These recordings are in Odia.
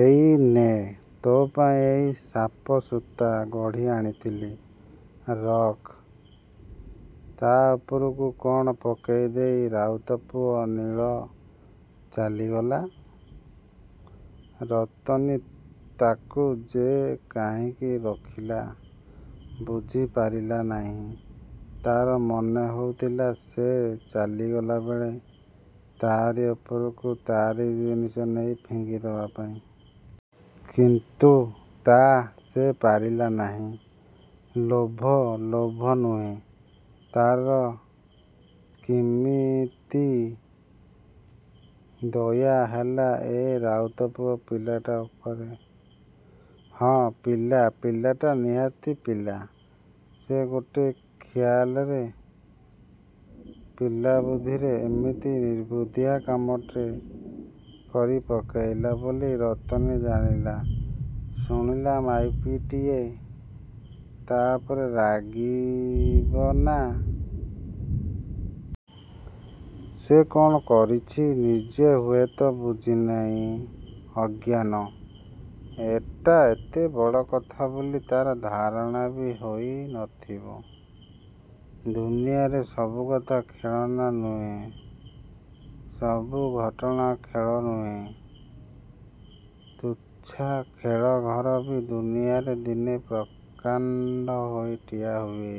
ଏଇ ନେ ତୋପାଇଁ ଏଇ ସାପସୂତା ଗଢ଼ି ଆଣିଥିଲି ରଖ। '' ତା' ଉପରକୁ କ'ଣ ପକେଇ ଦେଇ ରାଉତପୁଅ ନୀଳ ଚାଲିଗଲା। ରତନୀ ତାକୁ ଯେ କାହିଁକି ରଖିଲା ବୁଝି ପାରିଲା ନାହିଁ। ତା'ର ମନେହେଉଥିଲା ସେ ଚାଲିଗଲାବେଳେ ତା'ରି ଉପରକୁ ତା'ରି ଜିନିଷ ନେଇ ଫିଙ୍ଗି ଦେବାପାଇଁ। କିନ୍ତୁ ତା' ସେ ପାରିଲା ନାହିଁ। ଲୋଭ? ଲୋଭ ନୁହେଁ। ତା'ର କିମିତି ଦୟା ହେଲା ଏଇ ରାଉତପୁଅ ପିଲାଟା ଉପରେ। ହଁ ପିଲା, ପିଲାଟା ନିହାତି ପିଲା। ସେ ଗୋଟେ ଖିଆଲରେ, ପିଲା ବୁଦ୍ଧିରେ ଏମିତି ନିର୍ବୁଦ୍ଧିଆ କାମଟେ କରି ପକେଇଲା ବୋଲି ରତନୀ ଜାଣିଲା ଶୁଣିଲା ମାଇପୁଟାଏ ତା' ଉପରେ ରାଗିବନା? ସେ କ'ଣ କରୁଚି ନିଜେ ହୁଏତ ବୁଝି ନାହିଁ ଅଜ୍ଞାନ। ଏଟା ଏତେ ବଡ଼ କଥା ବୋଲି ତା'ର ଧାରଣାବି ହୋଇ ନଥିବ। ଦୁନିଆରେ ସବୁକଥା ଖେଳନା ନୁହ, ସବୁ ଘଟନା ଖେଳ ନୁହେଁ। ତୁଚ୍ଛା ଖେଳଘରବି ଦୁନିଆରେ ଦିନେ ପ୍ରକାଣ୍ତ ହେଇ ଠିଆ ହୁଏ।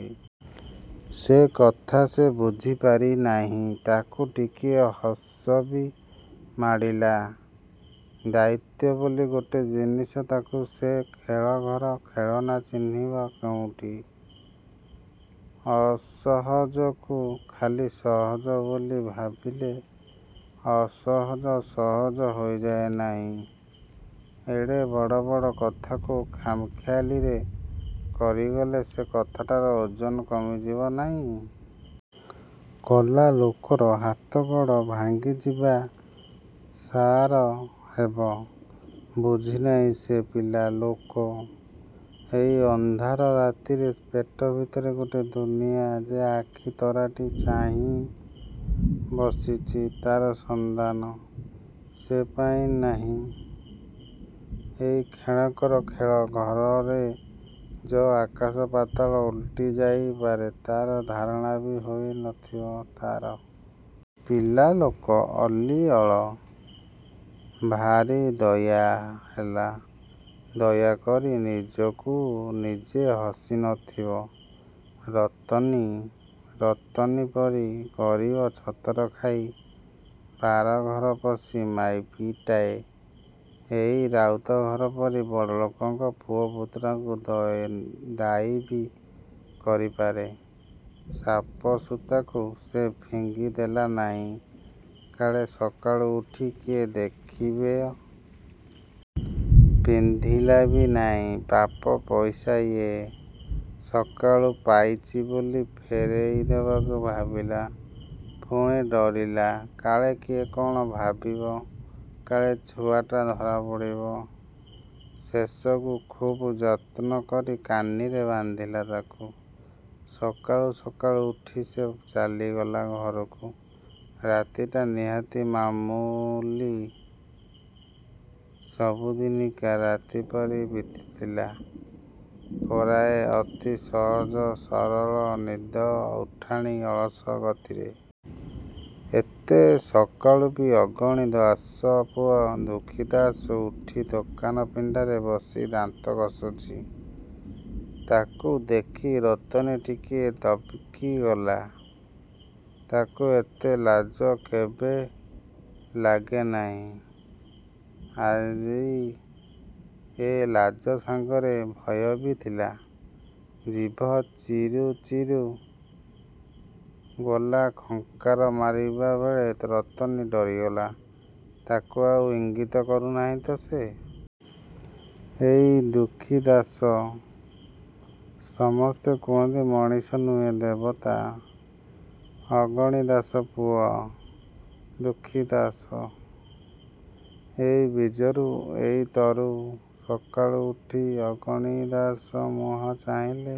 ସେ କଥା ସେ ବୁଝି ପାରିନାହିଁ। ତାକୁ ଟିକିଏ ହସବି ମାଡ଼ିଲା। ଦାୟିତ୍ୱ ବୋଲି ଗୋଟେ ଜିନିଷ ତାକୁ ସେ ଖେଳ ଘର ଖେଳନା ଚିହ୍ନିବ କୋଉଠୁଁ। ଅସହଜକୁ ଖାଲି ସହଜ ବୋଲି ଭାବିଲେ ଅସହଜ ସହଜ ହେଇଯାଏ ନାହିଁ। ଏଡ଼େ ବଡ଼ବଡ଼ କଥାକୁ ଖାମ୍ଖିଆଲରେ କରିଗଲେ ସେ କଥାଟାର ଓଜନ କମିଯିବ ନାହିଁ। କଲା ଲୋକର ହାତଗୋଡ଼ ଭାଙ୍ଗିଯିବା ସାର ହେବ। ବୁଝିନାହିଁ ସେ। ପିଲା ଲୋକ। ଏଇ ଅନ୍ଧାର ରାତିରେ ପେଟ ଭିତରେ ଗୋଟେ ଦୁନିଆ ଯେ ଆଖି ତରାଟି ଚାହିଁ ବସିଚି ତା'ର ସନ୍ଧାନ ସେ ପାଇ ନାହିଁ। ଏଇ କ୍ଷଣକର ଖେଳ ଘରରେ ଯେ ଆକାଶପାତାଳ ଓଲଟି ଯାଇ ପାରେ ତା'ର ଧାରଣାବି ହେଇ ନଥିବ ତା'ର। ପିଲା ଲୋକ ଅଲିଅଳ। ଭାରିଦୟା ହେଲା। ଦୟାକରି ନିଜକୁ ନିଜେ ହସି ନଥିବ ରତନୀ? ରତନୀ ପରି ଗରିବ ଛତରଖାଇ, ବାରଘରପଶୀ ମାଇପିଟାଏ ଏଇ ରାଉତଘର ପରି ବଡ଼ଲୋକଙ୍କ ପୁଅ ପୁତୁରାଙ୍କୁ ଦୟାବି କରିପାରେ। ସାପସୂତାକୁ ସେ ଫିଙ୍ଗି ଦେଲା ନାହିଁ। କାଳେ ସକାଳୁ ଉଠି କିଏ ଦେଖିବ। ପିନ୍ଧିଲାବି ନାହିଁ। ପାପ ପଇସା ଏ। ସକାଳୁ ପାଇଚି ବୋଲି ଫେରେଇ ଦେବାକୁ ଭାବିଲା। ପୁଣି ଡରିଲା କାଳେ କିଏ କ'ଣ ଭାବିବ କାଳେ ଛୁଆଟା ଧରା ପଡ଼ିବ। ଶେଷକୁ ଖୁବ୍ ଯତ୍ନ କରି କାନିରେ ବାନ୍ଧିଲା ତାକୁ। ସକାଳୁ ସକାଳୁ ଉଠି ସେ ଚାଲିଗଲା ଘରକୁ ରାତିଟା ନିହାତି ମାମୁଲି ସବୁଦିନିକା ରାତି ପରି ବିତିଥିଲା ପରାଏ ଅତି ସହଜ ସରଳ ନିଦଉଠାଣି ଅଳସ ଗତିରେ। ଏତେ ସକାଳୁବି ଅଗଣୀ ଦାଶ ପୁଅ ଦୁଃଖୀଦାଶ ଉଠି ଦୋକାନ ପିଣ୍ତାରେ ବସି ଦାନ୍ତ ଘଷୁଚି। ତାକୁ ଦେଖି ରତନୀ ଟିକିଏ ଦବକିଗଲା। ତାକୁ ଏତେ ଲାଜ କେବେ ଲାଗେ ନାହିଁ। ଆଜି ଏ ଲାଜ ସାଙ୍ଗରେ ଭୟବି ଥିଲା। ଜିଭ ଚିରୁ ଚିରୁ ଗଲା ଖଙ୍କାର ମାରିବାବେଳେ ରତନୀ ଡରିଗଲା ତାକୁ ଆଉ ଇଙ୍ଗିତ କରୁନାହିଁ ତ ସେ। ଏଇ ଦୁଃଖୀ ଦାଶ। ସମସ୍ତେ କହନ୍ତି, ମଣିଷନୁହେଁ ଦେବତା। ଅଗଣିଦାଶ ପୁଅ ଦୁଃଖୀଦାଶ। ଏଇ ବୀଜରୁ ଏଇ ତରୁ! ସକାଳୁ ଉଠି ଅଗଣିଦାଶ ମୁହଁ ଚାହିଁଲେ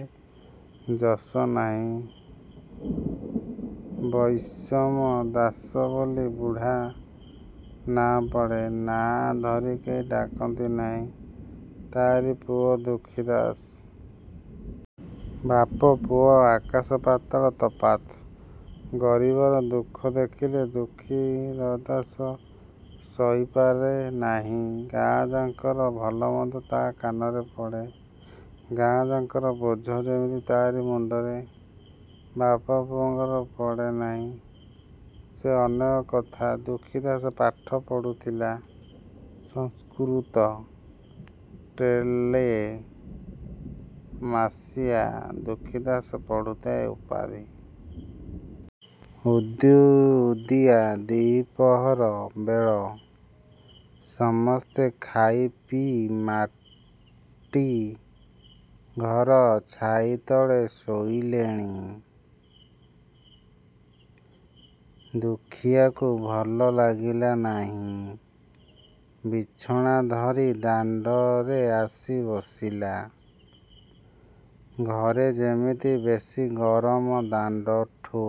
ଯଶ ନାହିଁ। ବଇଷିମ ଦାଶ ବୋଲି ବୁଢ଼ା ନାଆଁ ପଡ଼େ। ନାଆଁ ଧରି କେହି ଡାକନ୍ତି ନାହିଁ। ତା'ରି ପୁଅ ଦୁଃଖୀ ଦାଶ। ବାପପୁଅ ଆକାଶପାତାଳ ତଫାତ। ଗରିବର ଦୁଃଖ ଦେଖିଲେ ଦୁଃଖୀଦାଶ ସହିପାରେ ନାହିଁ। ଗାଁଯାକର ଭଲମନ୍ଦ ତା' କାନରେ ପଡ଼େ। ଗାଁଯାକର ବୋଝ ଯେମିତି ତା'ରି ମୁଣ୍ତରେ। ବାପପୁଅଙ୍କର ପଡ଼େ ନାହିଁ। ସେ ଅନେକ କଥା। ଦୁଃଖୀଦାଶ ପାଠ ପଢ଼ିଥିଲା ସଂସ୍କୃତ ଟୋଲ୍ରେ। ମସିହା। ଦୁଃଖୀଦାଶ ପଢ଼ୁଥାଏ ଉପାଧି। ଉଦୁଉଦିଆ ଦିପହର ବେଳ। ସମସ୍ତେ ଖାଇ ପିଇ ମାଟୁ ଘର ଛାଇ ତଳେ ଶୋଇଲେଣି-। ଦୁଃଖୀଆକୁ ଭଲ ଲାଗିଲା ନାହିଁ। ବିଞ୍ଚଣା ଧରି ଦାଣ୍ତରେ ଆସି ବସିଲା। ଘରେ ଯେମିତି ବେଶି ଗରମ ଦାଣ୍ତଠୁ।